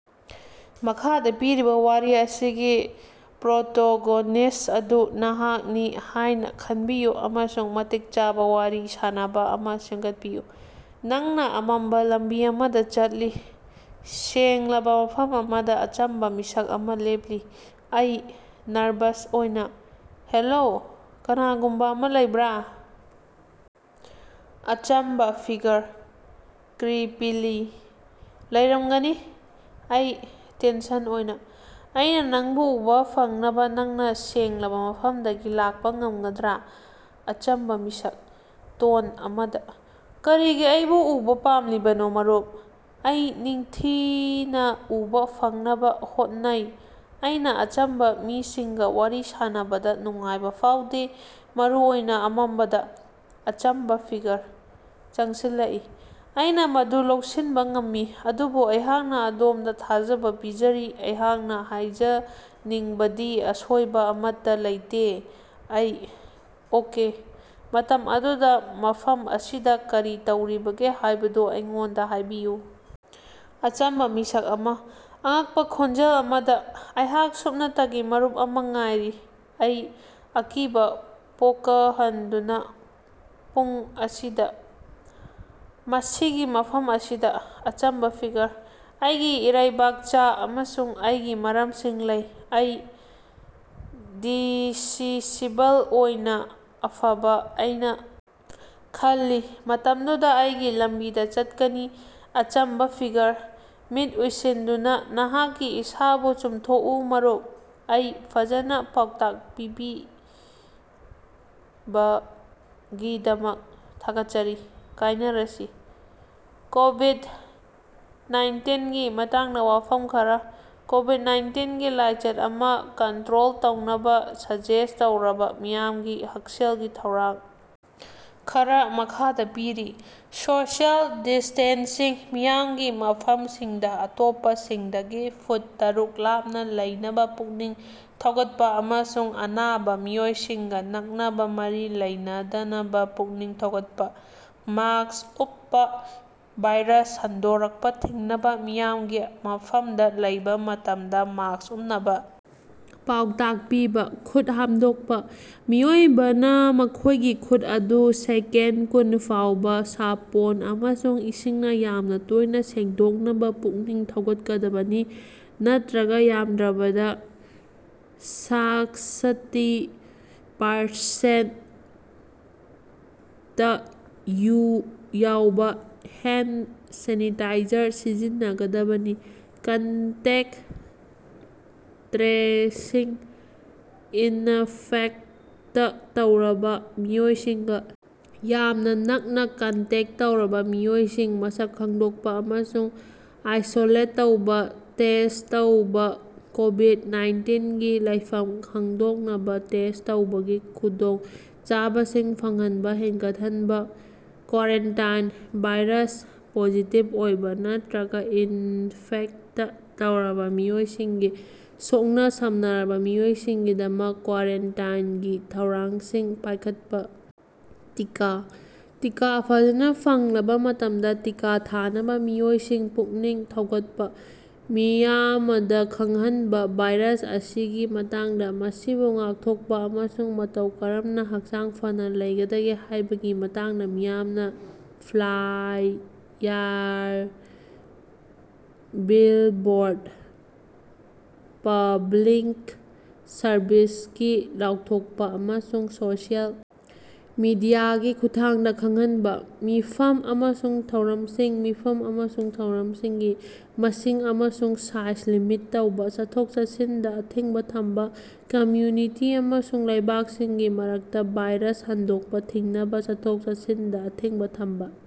ꯃꯈꯥꯗ ꯄꯤꯔꯤꯕ ꯋꯥꯔꯤ ꯑꯁꯤꯒꯤ ꯄ꯭ꯔꯣꯇꯣꯒꯣꯅꯤꯁ꯭ꯠ ꯑꯗꯨ ꯅꯍꯥꯛꯅꯤ ꯍꯥꯏꯅ ꯈꯟꯕꯤꯌꯨ ꯑꯃꯁꯨꯡ ꯃꯇꯤꯛ ꯆꯥꯕ ꯋꯥꯔꯤ ꯁꯥꯅꯕ ꯑꯃ ꯁꯦꯝꯒꯠꯄꯤꯌꯨ꯫ ꯅꯪꯅ ꯑꯃꯝꯕ ꯂꯝꯕꯤ ꯑꯃꯗ ꯆꯠꯂꯤ꯫ ꯁꯦꯡꯂꯕ ꯃꯐꯝ ꯑꯃꯗ ꯑꯆꯝꯕ ꯃꯤꯁꯛ ꯑꯃ ꯂꯦꯞꯂꯤ꯫ ꯑꯩ (ꯅꯔꯚꯁ ꯑꯣꯏꯅ) -ꯍꯦꯂꯣ? ꯀꯅꯥꯒꯨꯝꯕ ꯑꯃ ꯂꯩꯕ꯭ꯔꯥ? ꯑꯆꯝꯕ ꯐꯤꯒꯔ: (ꯀ꯭ꯔꯤꯄꯤꯂꯤ) ꯂꯩꯔꯝꯒꯅꯤ꯫ ꯑꯩ (ꯇꯦꯟꯁꯟ ꯑꯣꯏꯅ) ꯑꯩꯅꯥ ꯅꯪꯕꯨ ꯎꯕ ꯐꯪꯅꯕ ꯅꯪꯅ ꯁꯦꯡꯂꯕ ꯃꯐꯝꯗꯒꯤ ꯂꯥꯛꯄ ꯉꯝꯒꯗ꯭ꯔꯥ? ꯑꯆꯝꯕ ꯃꯤꯁꯛ: ( ꯇꯣꯟ ꯑꯃꯗ) ꯀꯔꯤꯒꯤ ꯑꯩꯕꯨ ꯎꯕ ꯄꯥꯝꯂꯤꯕꯅꯣ, ꯃꯔꯨꯞ? ꯑꯩ (ꯅꯤꯡꯊꯤꯅ ꯎꯕꯥ ꯐꯪꯅꯕꯥ ꯍꯣꯠꯅꯩ) ꯑꯩꯅ ꯑꯆꯝꯕ ꯃꯤꯁꯤꯡꯒ ꯋꯥꯔꯤ ꯁꯥꯅꯕꯗ ꯅꯨꯡꯉꯥꯏꯕ ꯐꯥꯎꯗꯦ, ꯃꯔꯨ ꯑꯣꯏꯅ ꯑꯃꯝꯕꯗ꯫ ꯑꯆꯝꯕ ꯐꯤꯒꯔ: (ꯆꯪꯁꯤꯜꯂꯛꯏ) ꯑꯩꯅ ꯃꯗꯨ ꯂꯧꯁꯤꯟꯕ ꯉꯝꯃꯤ꯫ ꯑꯗꯨꯕꯨ ꯑꯩꯍꯥꯛꯅꯥ ꯑꯗꯣꯝꯗ ꯊꯥꯖꯕ ꯄꯤꯖꯔꯤ, ꯑꯩꯍꯥꯛꯅ ꯍꯥꯏꯖꯅꯤꯡꯕꯗꯤ ꯑꯁꯣꯏꯕ ꯑꯃꯠꯇꯥ ꯂꯩꯇꯦ꯫ ꯑꯩ: ꯑꯣꯀꯦ꯫ ꯃꯇꯝ ꯑꯗꯨꯗꯥ ꯃꯐꯝ ꯑꯁꯤꯗ ꯀꯔꯤ ꯇꯧꯔꯤꯕꯒꯦ ꯍꯥꯏꯕꯗꯨ ꯑꯩꯉꯣꯟꯗ ꯍꯥꯏꯕꯤꯌꯨ? ꯑꯆꯝꯕ ꯃꯤꯁꯛ ꯑꯃ (ꯑꯉꯛꯄ ꯈꯣꯟꯖꯦꯜ ꯑꯃꯗ) ꯑꯩꯍꯥꯛ ꯁꯨꯞꯅꯇꯒꯤ ꯃꯔꯨꯞ ꯑꯃ ꯉꯥꯏꯔꯤ꯫ ꯑꯩ (ꯑꯀꯤꯕꯥ ꯄꯣꯀꯍꯟꯗꯨꯅꯥ) ꯄꯨꯡ ꯑꯁꯤꯗ? ꯃꯁꯤꯒꯤ ꯃꯐꯝ ꯑꯁꯤꯗ? ꯑꯆꯝꯕ ꯐꯤꯒꯔ: ꯑꯩꯒꯤ ꯏꯔꯩꯕꯥꯛꯆ ꯑꯃꯁꯨꯡ ꯑꯩꯒꯤ ꯃꯔꯝꯁꯤꯡ ꯂꯩ꯫ ꯑꯩ (ꯗꯤꯁꯤꯁꯤꯕꯜ ꯑꯣꯏꯅꯥ) ꯑꯐꯕ, ꯑꯩꯅ ꯈꯜꯂꯤ ꯃꯇꯝꯗꯨꯗ ꯑꯩꯒꯤ ꯂꯝꯕꯤꯗ ꯆꯠꯀꯅꯤ꯫ ꯑꯆꯝꯕꯥ ꯐꯤꯒꯔ: (ꯃꯤꯠ ꯎꯏꯁꯤꯟꯗꯨꯅꯥ) ꯅꯍꯥꯛꯀꯤ ꯏꯁꯥꯕꯨ ꯆꯨꯝꯊꯣꯛꯎ, ꯃꯔꯨꯞ꯫ ꯑꯩ: (ꯐꯖꯅꯥ) ꯄꯥꯎꯇꯥꯛ ꯄꯤꯕꯤꯕꯒꯤꯗꯃꯛ ꯊꯥꯒꯠꯆꯔꯤ꯫ ꯀꯥꯏꯅꯔꯁꯤ꯫ ꯀꯣꯕꯤꯗ-ꯅꯥꯏꯟꯇꯤꯟꯒꯤ ꯃꯇꯥꯡꯗ ꯋꯥꯐꯝ ꯈꯔ꯫ ꯀꯣꯕꯤꯗ-ꯅꯥꯏꯟꯇꯤꯟꯒꯤ ꯂꯥꯏꯆꯠ ꯑꯃ ꯀꯟꯇ꯭ꯔꯣꯜ ꯇꯧꯅꯕ ꯁꯖꯦꯁ꯭ꯠ ꯇꯧꯔꯕ ꯃꯤꯌꯥꯝꯒꯤ ꯍꯛꯁꯦꯜꯒꯤ ꯊꯧꯔꯥꯡ ꯈꯔ ꯃꯈꯥꯗꯥ ꯄꯤꯔꯤ: ꯁꯣꯁꯤꯑꯦꯜ ꯗꯤꯁ꯭ꯇꯦꯟꯁꯤꯡ: ꯃꯤꯌꯥꯝꯒꯤ ꯃꯐꯝꯁꯤꯡꯗ ꯑꯇꯣꯞꯄꯁꯤꯡꯗꯒꯤ ꯐꯨꯠ ꯇꯔꯨꯛ ꯂꯥꯞꯅ ꯂꯩꯅꯕ ꯄꯨꯛꯅꯤꯡ ꯊꯧꯒꯠꯄ ꯑꯃꯁꯨꯡ ꯑꯅꯥꯕ ꯃꯤꯑꯣꯏꯁꯤꯡꯒ ꯅꯛꯅꯕ ꯃꯔꯤ ꯂꯩꯅꯗꯅꯕ ꯄꯨꯛꯅꯤꯡ ꯊꯧꯒꯠꯄ꯫ ꯃꯥꯁ꯭ꯛ ꯎꯞꯄꯥ: ꯚꯥꯏꯔꯁ ꯁꯟꯗꯣꯔꯛꯄꯥ ꯊꯤꯡꯅꯕ ꯃꯤꯌꯥꯝꯒꯤ ꯃꯐꯝꯗꯥ ꯂꯩꯕ ꯃꯇꯝꯗ ꯃꯥꯁ꯭ꯛ ꯎꯞꯅꯕ ꯄꯥꯎꯇꯥꯛ ꯄꯤꯕ꯫ ꯈꯨꯠ ꯍꯥꯝꯗꯣꯛꯄ: ꯃꯤꯑꯣꯏꯕꯅ ꯃꯈꯣꯏꯒꯤ ꯈꯨꯠ ꯑꯗꯨ ꯁꯦꯀꯦꯟꯗ ꯀꯨꯟ ꯐꯥꯎꯕꯥ ꯁꯥꯄꯣꯟ ꯑꯃꯁꯨꯡ ꯏꯁꯤꯡꯅ ꯌꯥꯝꯅ ꯇꯣꯏꯅ ꯁꯦꯡꯗꯣꯛꯅꯕ ꯄꯨꯛꯅꯤꯡ ꯊꯧꯒꯠꯀꯗꯕꯅꯤ, ꯅꯠꯇ꯭ꯔꯒ ꯌꯥꯝꯗ꯭ꯔꯕꯗ ꯁꯥꯛꯁꯇꯤ ꯄꯥꯔꯁꯦꯟꯇ ꯌꯨ ꯌꯥꯎꯕ ꯍꯦꯟꯗ ꯁꯦꯅꯤꯇꯥꯏꯖꯔ ꯁꯤꯖꯤꯟꯅꯒꯗꯕꯅꯤ꯫ ꯀꯟꯇꯦꯛꯇ ꯇ꯭ꯔꯦꯁꯤꯡ: ꯏꯅꯐꯦꯛꯇ ꯇꯧꯔꯕ ꯃꯤꯑꯣꯏꯁꯤꯡꯒ ꯌꯥꯝꯅ ꯅꯛꯅ ꯀꯟꯇꯦꯛꯇ ꯇꯧꯔꯕ ꯃꯤꯑꯣꯏꯁꯤꯡ ꯃꯁꯛ ꯈꯪꯗꯣꯛꯄ ꯑꯃꯁꯨꯡ ꯑꯥꯏꯁꯣꯂꯦꯠ ꯇꯧꯕ꯫ ꯇꯦꯁ꯭ꯠ ꯇꯧꯕ ꯀꯣꯕꯤꯗ-ꯅꯥꯏꯟꯇꯤꯟꯒꯤ ꯂꯩꯐꯝ ꯈꯪꯗꯣꯛꯅꯕ ꯇꯦꯁ꯭ꯠ ꯇꯧꯕꯒꯤ ꯈꯨꯗꯣꯡꯆꯥꯕꯁꯤꯡ ꯐꯪꯍꯟꯕ ꯍꯦꯟꯒꯠꯍꯟꯕ꯫ ꯀ꯭ꯋꯥꯔꯦꯟꯇꯥꯏꯟ ꯚꯥꯏꯔꯁ ꯄꯣꯖꯤꯇꯤꯕ ꯑꯣꯏꯕ ꯅꯠꯇ꯭ꯔꯒ ꯏꯟꯐꯦꯛꯇ ꯇꯧꯔꯕ ꯃꯤꯑꯣꯏꯁꯤꯡꯒ ꯁꯣꯛꯅ-ꯁꯝꯅꯔꯕ ꯃꯤꯑꯣꯏꯁꯤꯡꯒꯤꯗꯃꯛ ꯀ꯭ꯋꯥꯔꯦꯟꯇꯥꯏꯟꯒꯤ ꯊꯧꯔꯥꯡꯁꯤꯡ ꯄꯥꯏꯈꯠꯄ꯫ ꯇꯤꯀꯥ: ꯇꯤꯀꯥ ꯐꯖꯅ ꯐꯪꯂꯕ ꯃꯇꯝꯗꯥ ꯇꯤꯀꯥ ꯊꯥꯅꯕ ꯃꯤꯑꯣꯏꯁꯤꯡ ꯄꯨꯛꯅꯤꯡ ꯊꯧꯒꯠꯄ꯫ ꯃꯤꯌꯥꯃꯗ ꯈꯪꯍꯟꯕ ꯚꯥꯏꯔꯁ ꯑꯁꯤꯒꯤ ꯃꯇꯥꯡꯗ, ꯃꯁꯤꯕꯨ ꯉꯥꯛꯊꯣꯛꯄ, ꯑꯃꯁꯨꯡ ꯃꯇꯧ ꯀꯔꯝꯅꯥ ꯍꯛꯆꯥꯡ ꯐꯅ ꯂꯩꯒꯗꯒꯦ ꯍꯥꯏꯕꯒꯤ ꯃꯇꯥꯡꯗ ꯃꯤꯌꯥꯝꯗ ꯐ꯭ꯂꯥꯏꯌꯥꯔ, ꯕꯤꯜꯕꯣꯔꯗ, ꯄꯕ꯭ꯂꯤꯛ ꯁꯔꯕꯤꯁꯀꯤ ꯂꯥꯎꯊꯣꯛꯄ, ꯑꯃꯁꯨꯡ ꯁꯣꯁꯤꯑꯦꯜ ꯃꯤꯗꯤꯌꯥꯒꯤ ꯈꯨꯠꯊꯥꯡꯗꯥ ꯈꯪꯍꯟꯕ꯫ ꯃꯤꯐꯝ ꯑꯃꯁꯨꯡ ꯊꯧꯔꯝꯁꯤꯡ ꯃꯤꯐꯝ ꯑꯃꯁꯨꯡ ꯊꯧꯔꯝꯁꯤꯡꯒꯤ ꯃꯁꯤꯡ ꯑꯃꯁꯨꯡ ꯁꯥꯏꯖ ꯂꯤꯃꯤꯠ ꯇꯧꯕ꯫ ꯆꯠꯊꯣꯛ-ꯆꯠꯁꯤꯟꯗ ꯑꯊꯤꯡꯕ ꯊꯝꯕ ꯀꯝꯃ꯭ꯌꯨꯅꯤꯇꯤ ꯑꯃꯁꯨꯡ ꯂꯩꯕꯥꯛꯁꯤꯡꯒꯤ ꯃꯔꯛꯇ ꯚꯥꯏꯔꯁ ꯁꯟꯗꯣꯛꯄ ꯊꯤꯡꯅꯕ ꯆꯠꯊꯣꯛ-ꯆꯠꯁꯤꯟꯗ ꯑꯊꯤꯡꯕ ꯊꯝꯕ꯫